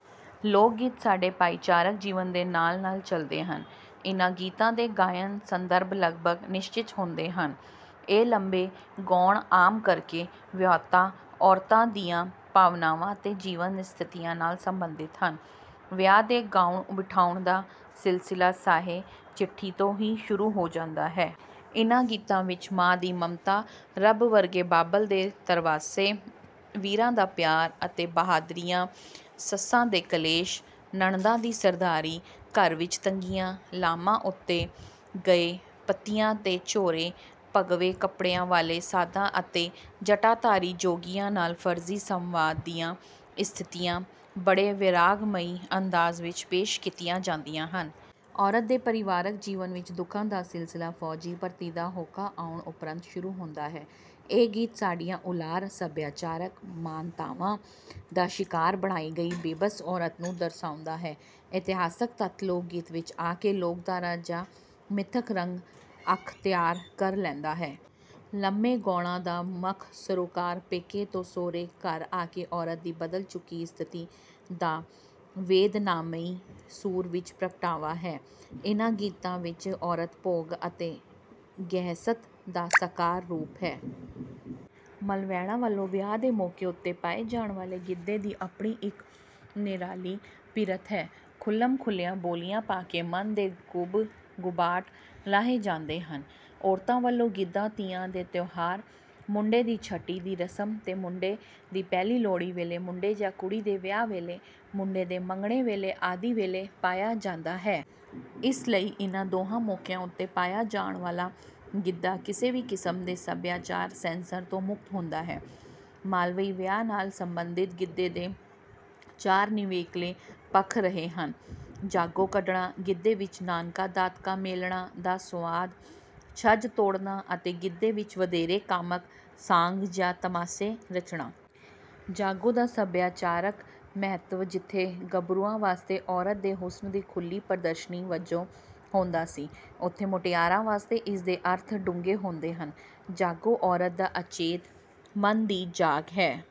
ਲੋਕਗੀਤ ਸਾਡੇ ਭਾਈਚਾਰਕ ਜੀਵਨ ਦੇ ਨਾਲ, ਨਾਲ ਚਲਦੇ ਹਨ। ਇਹਨਾਂ ਗੀਤਾਂ ਦੇ ਗਾਇਨ-ਸੰਦਰਭ ਲਗਭਗ ਨਿਸ਼ਚਿਤ ਹੁੰਦੇ ਹਨ। ਇਹ ਲੰਮੇ ਗੌਣ ਆਮ ਕਰਕੇ ਵਿਆਹੁਤਾ ਔਰਤ ਦੀਆਂ ਭਾਵਨਾਵਾਂ ਅਤੇ ਜੀਵਨ ਸਥਿਤੀਆਂ ਨਾਲ ਸੰਬੰਧਿਤ ਹਨ। ਵਿਆਹ ਦੇ ਗਾਉਣ ਬਿਠਾਉਣ ਦਾ ਸਿਲਸਿਲਾ 'ਸਾਹੇ ਚਿੱਠੀ' ਤੋਂ ਹੀ ਸ਼ੂਰੁ ਹੋ ਜਾਂਦਾ ਹੈ। ਇਹਨਾਂ ਗੀਤਾਂ ਵਿਚ ਮਾਂ ਦੀ ਮਮਤਾ, ਰੱਬ ਵਰਗੇ ਬਾਬਲ ਦੇ ਧਰਵਾਸੇ, ਵੀਰਾਂ ਦਾ ਪਿਆਰ ਅਤੇ ਬਹਾਦਰੀਆਂ, ਸੱਸਾਂ ਦੇ ਕਲੇਸ਼, ਨਣਦਾਂ ਦੀ ਸਰਦਾਰੀ, ਘਰ ਵਿਚ ਤੰਗੀਆਂ, ਲਾਮਾਂ ਉੱਤੇ ਗਏ ਪਤੀਆਂ ਦੇ ਝੋਰੇ, ਭਗਵੇਂ ਕੱਪੜਿਆਂ ਵਾਲੇ ਸਾਧਾਂ ਅਤੇ ਜਟਾਧਾਰੀ ਜੋਗੀਆਂ ਨਾਲ ਫਰਜ਼ੀ ਸੰਵਾਦ ਦੀਆਂ ਸਥਿਤੀਆਂ ਬੜੇ ਵੈਰਾਗਮਈ ਅੰਦਾਜ਼ ਵਿਚ ਪੇਸ਼ ਕੀਤੀਆਂ ਜਾਂਦੀਆਂ ਹਨ। ਔਰਤ ਦੇ ਪਰਿਵਾਰਕ ਜੀਵਨ ਵਿਚ ਦੁੱਖਾਂ ਦਾ ਸਿਲਸਿਲਾ ਫੌਜੀ ਭਰਤੀ ਦਾ ਹੋਕਾ ਆਉਣ ਉਪਰੰਤ ਸ਼ੁਰੂ ਹੁੰਦਾ ਹੈ। ਇਹ ਗੀਤ ਸਾਡੀਆਂ ਉਲਾਰ ਸਭਿਆਚਾਰਕ ਮਾਨਤਾਵਾਂ ਦਾ ਸ਼ਿਕਾਰ ਬਣਾਈ ਗਈ ਬੇਬਸ ਔਰਤ ਨੂੰ ਦਰਸਾਉਂਦਾ ਹੈ। ਇਤਿਹਾਸਕ ਤੱਥ ਲੋਕਗੀਤ ਵਿਚ ਆ ਕੇ ਲੋਕਧਾਰਕ ਜਾਂ ਮਿੱਥਕ ਰੰਗ ਅਖਤਿਆਰ ਕਰ ਲੈਂਦਾ ਹੈ। ਲੰਮੇ ਗੌਣਾਂ ਦਾ ਮੱਖ ਸਰੋਕਾਰ ਪੇਕੇ ਤੋਂ ਸੌਹਰੇ ਘਰ ਆ ਕੇ ਔਰਤ ਦੀ ਬਦਲ ਚੁੱਕੀ ਸਥਿਤੀ ਦਾ ਵੇਦਨਾਮਈ ਸੁਰ ਵਿਚ ਪ੍ਗਟਾਵਾ ਹੈ। ਇਹਨਾ ਗੀਤਾਂ ਵਿਚ ਔਰਤ ਭੋਗ ਅਤੇ ਗਹਿਸਤ ਦਾ ਸਾਕਾਰ ਰੂਪ ਹੈ। ਮਲਵੈਣਾਂ ਵੱਲੋਂ ਵਿਆਹ ਦੇ ਮੌਕੇ ਉੱਤੇ ਪਾਏ ਜਾਣ ਵਾਲੇ ਗਿੱਧੇ ਦੀ ਆਪਣੀ ਇਕ ਨਿਰਾਲੀ ਪਿਰਤ ਹੈ। ਖੁੱਲ੍ਹਮ ਖੁੱਲ੍ਹੀਆਂ ਬੋਲੀਆਂ ਪਾ ਕੇ ਮਨ ਦੇ ਗੁਭ ਗੁਭਾਟ ਲਾਹੇ ਜਾਂਦੇ ਹਨ। ਔਰਤਾਂ ਵੱਲੋਂ ਗਿੱਧਾ ਤੀਆਂ ਦੇ ਤਿਉਹਾਰ, ਮੁੰਡੇ ਦੀ ਛਟੀ ਦੀ ਰਸਮ ਤੇ, ਮੁੰਡੇ ਦੀ ਪਹਿਲੀ ਲੋਹੜੀ ਵੇਲੇ, ਮੁੰਡੇ ਜਾਂ ਕੁੜੀ ਦੇ ਵਿਆਹ ਵੇਲੇ, ਮੁੰਡੇ ਦੇ ਮੰਗਣੇ ਵੇਲੇ ਆਦਿ ਵੇਲੇ ਪਾਇਆ ਜਾਂਦਾ ਹੈ। ਇਸ ਲਈ ਇਨ੍ਹਾਂ ਦੋਹਾਂ ਮੌਕਿਆਂ ਉੱਤੇ ਪਾਇਆ ਜਾਣ ਵਾਲਾ ਗਿੱਧਾ ਕਿਸੇ ਵੀ ਕਿਸਮ ਦੇ ਸਭਿਆਚਾਰ ਸੈਂਸਰ ਤੋਂ ਮੁਕਤ ਹੁੰਦਾ ਹੈ। ਮਲਵਈ ਵਿਆਹ ਨਾਲ ਸੰਬੰਧਿਤ ਗਿੱਧੇ ਦੇ ਚਾਰ ਨਿਵੇਕਲੇ ਪੱਖ ਰਹੇ ਹਨ: ਜਾਗੋ ਕੱਢਣਾ, ਗਿੱਧੇ ਵਿਚ ਨਾਨਕਾ-ਦਾਦਕਾ ਮੇਲਣਾਂ ਦਾ ਸੰਵਾਦ, ਛੱਜ ਤੋੜਨਾ ਅਤੇ ਗਿੱਧੇ ਵਿਚ ਵਧੇਰੇ ਕਾਮਕ ਸਾਂਗ ਜਾਂ ਤਮਾਸ਼ੇ ਰਚਣਾ। ਜਾਗੋ ਦਾ ਸਭਿਆਚਾਰਕ ਮਹੱਤਵ ਜਿੱਥੇ ਗਭਰੂਆਂ ਵਾਸਤੇ ਔਰਤ ਦੇ ਹੁਸਨ ਦੀ ਖੁੱਲ੍ਹੀ ਪ੍ਦਰਸ਼ਨੀ ਵਜੋਂ ਹੁੰਦਾ ਸੀ ਉਥੇ ਮੁਟਿਆਰਾਂ ਵਾਸਤੇ ਇਸ ਦੇ ਅਰਥ ਡੂੰਘੇ ਹੁੰਦੇ ਹਨ। ਜਾਗੋ ਔਰਤ ਦੇ ਅਚੇਤ ਮਨ ਦੀ ਜਾਗ ਹੈ।